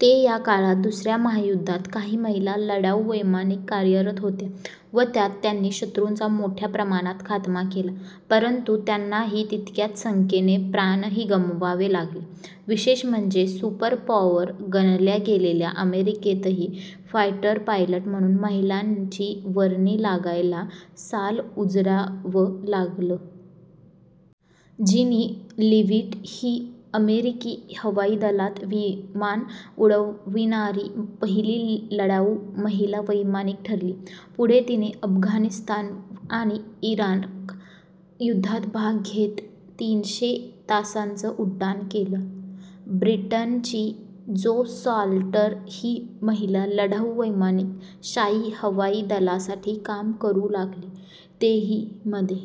ते या काळात दुसऱ्या महायुद्धात काही महिला लढाऊ वैमानिक कार्यरत होत्या व त्यात त्यांनी शत्रूंचा मोठ्या प्रमाणात खात्मा केला. परंतु त्यांनाही तितक्याच संख्येने प्राणही गमवावे लागले. विशेष म्हणजे सुपरपॉवर गणल्या गेलेल्या अमेरिकेतही फायटर पायलट म्हणून महिलांची वर्णी लागायला साल उजाडावं लागलं. जीनी लीविट ही अमेरिकी हवाई दलात विमानं उडविणारी पहिली लढाऊ महिला वैमानिक ठरली. पुढे तिने अफगाणिस्तान आणि इराक युद्धात भाग घेत तीनशे तासांचं उड्डाण केलं. ब्रिटनची जो साल्टर ही महिला लढाऊ वैमानिक शाही हवाई दलासाठी काम करू लागली, तेही मध्ये.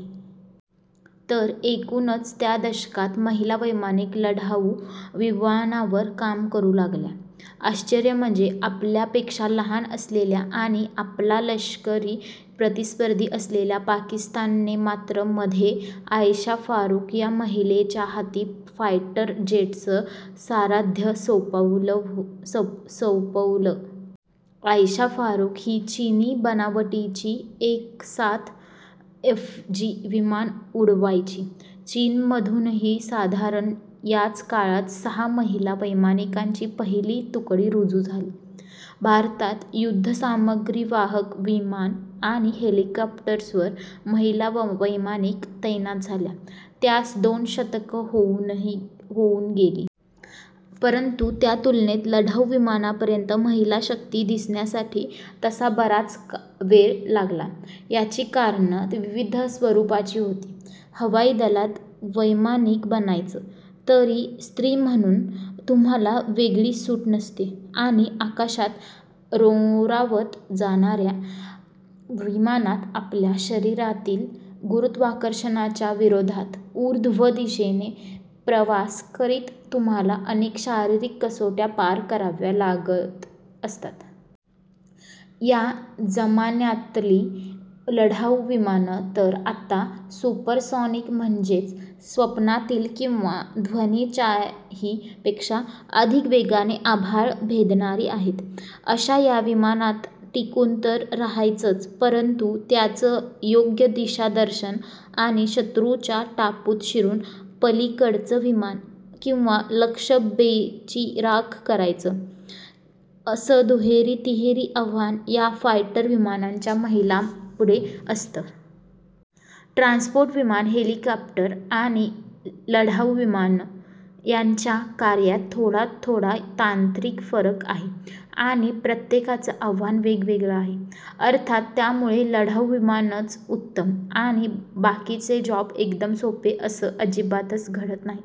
तर एकूणच च्या दशकातच महिला वैमानिक लढाऊ विमानांवर काम करू लागल्या. आश्चर्य म्हणजे आपल्यापेक्षा लहान असलेल्या आणि आपला लष्करी प्रतिस्पर्धी असलेल्या पाकिस्तानने मात्र मध्ये आयेशा फारुक या महिलेच्या हाती फायटर जेटचं सारथ्य सोपवलं. आयेशा फारुक ही चीनी बनावटीची एफ सात पीजी विमानं उडवायची. चीनमधूनही साधारण याच काळात सहा महिला वैमानिकांची पहिली तुकडी रुजू झाली. भारतात युद्धसामग्रीवाहक विमानं आणि हेलिकॉप्टर्सवर महिला वैमानिक तैनात झाल्या, त्यास दोन दशकं होऊन गेली. परंतु त्या तुलनेत लढाऊ विमानांपर्यंत महिलाशक्ती दिसण्यासाठी तसा बराच वेळ लागला. याची कारणं विविध स्वरूपाची होती. हवाई दलात वैमानिक बनायचं, तरी स्त्री म्हणून तुम्हाला वेगळी सूट नसते आणि आकाशात रोंरावत जाणाऱ्या विमानात आपल्या शरीरातील गुरुत्वशक्तीच्या विरोधात ऊर्ध्व दिशेने प्रवास करीत तुम्हाला अनेक शारीरिक कसोट्या पार कराव्या लागत असतात. या जमान्यातली लढाऊ विमानं तर आता सुपरसॉनिक म्हणजेच स्वनातीत किंवा ध्वनीच्याही पेक्षा अधिक वेगाने आभाळ भेदणारी आहेत. अशा या विमानात टिकून तर रहायचंच, परंतु त्यांचं योग्य दिशादर्शन आणि शत्रूच्या टापूत शिरून पलीकडचं विमान किंवा लक्ष्य बेचिराख करायचं, असं दुहेरी-तिहेरी आव्हान या फायटर विमानांच्या महिलांपुढे असतं. ट्रान्सपोर्ट विमानं, हेलिकॉप्टर आणि लढाऊ विमानं यांच्या कार्यात थोडाथोडा तांत्रिक फरक आहे आणि प्रत्येकाचं आव्हान वेगवेगळं आहे. अर्थात त्यामुळे लढाऊ विमानंच उत्तम आणि बाकीचे जॉब एकदम सोपे असं अजिबातच घडत नाही.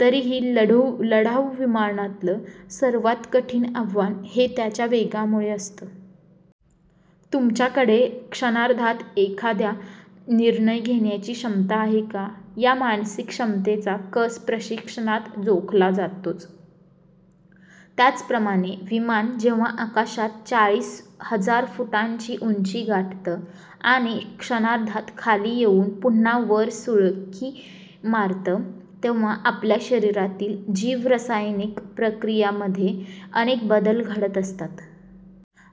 तरीही लढाऊ विमानातलं सर्वात कठीण आव्हान हे त्यांच्या वेगामुळे असतं. तुमच्याकडे क्षणार्धात एखादा निर्णय घेण्याची क्षमता आहे का, या मानसिक क्षमतेचा कस प्रशिक्षणात जोखला जातोच. त्याचप्रमाणे विमान जेव्हा आकाशात चाळीस हजार फुटांची उंची गाठतं आणि क्षणार्धात खाली येऊन पुन्हा वर उसळी मारतं, तेव्हा आपल्या शरीरातील जीव-रासायनिक प्रक्रियांमध्ये अनेक बदल घडत असतात.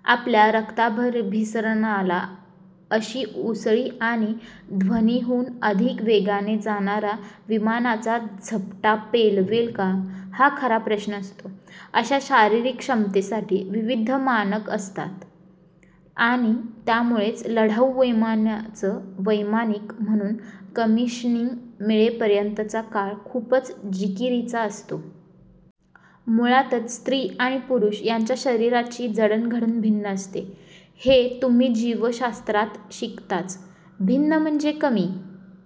आपल्या रक्ताभिसरणाला अशी उसळी आणि हा ध्वनिहून अधिक वेगाने जाणारा विमानाचा झपाटा पेलवेल का, हा खरा प्रश्न असतो. अशा शारीरिक क्षमतेसाठी विविध मानकं असतात आणि त्यामुळेच लढाऊ विमानांचे वैमानिक म्हणून कमिशनिंग मिळेपर्यंतचा काळ खूपच जिकिरीचा असतो. मुळातच स्त्री आणि पुरुष यांच्या शरीरांची जडणघडण भिन्न असते, हे तुम्ही जीवशास्त्रात शिकताच. भिन्न म्हणजे कमी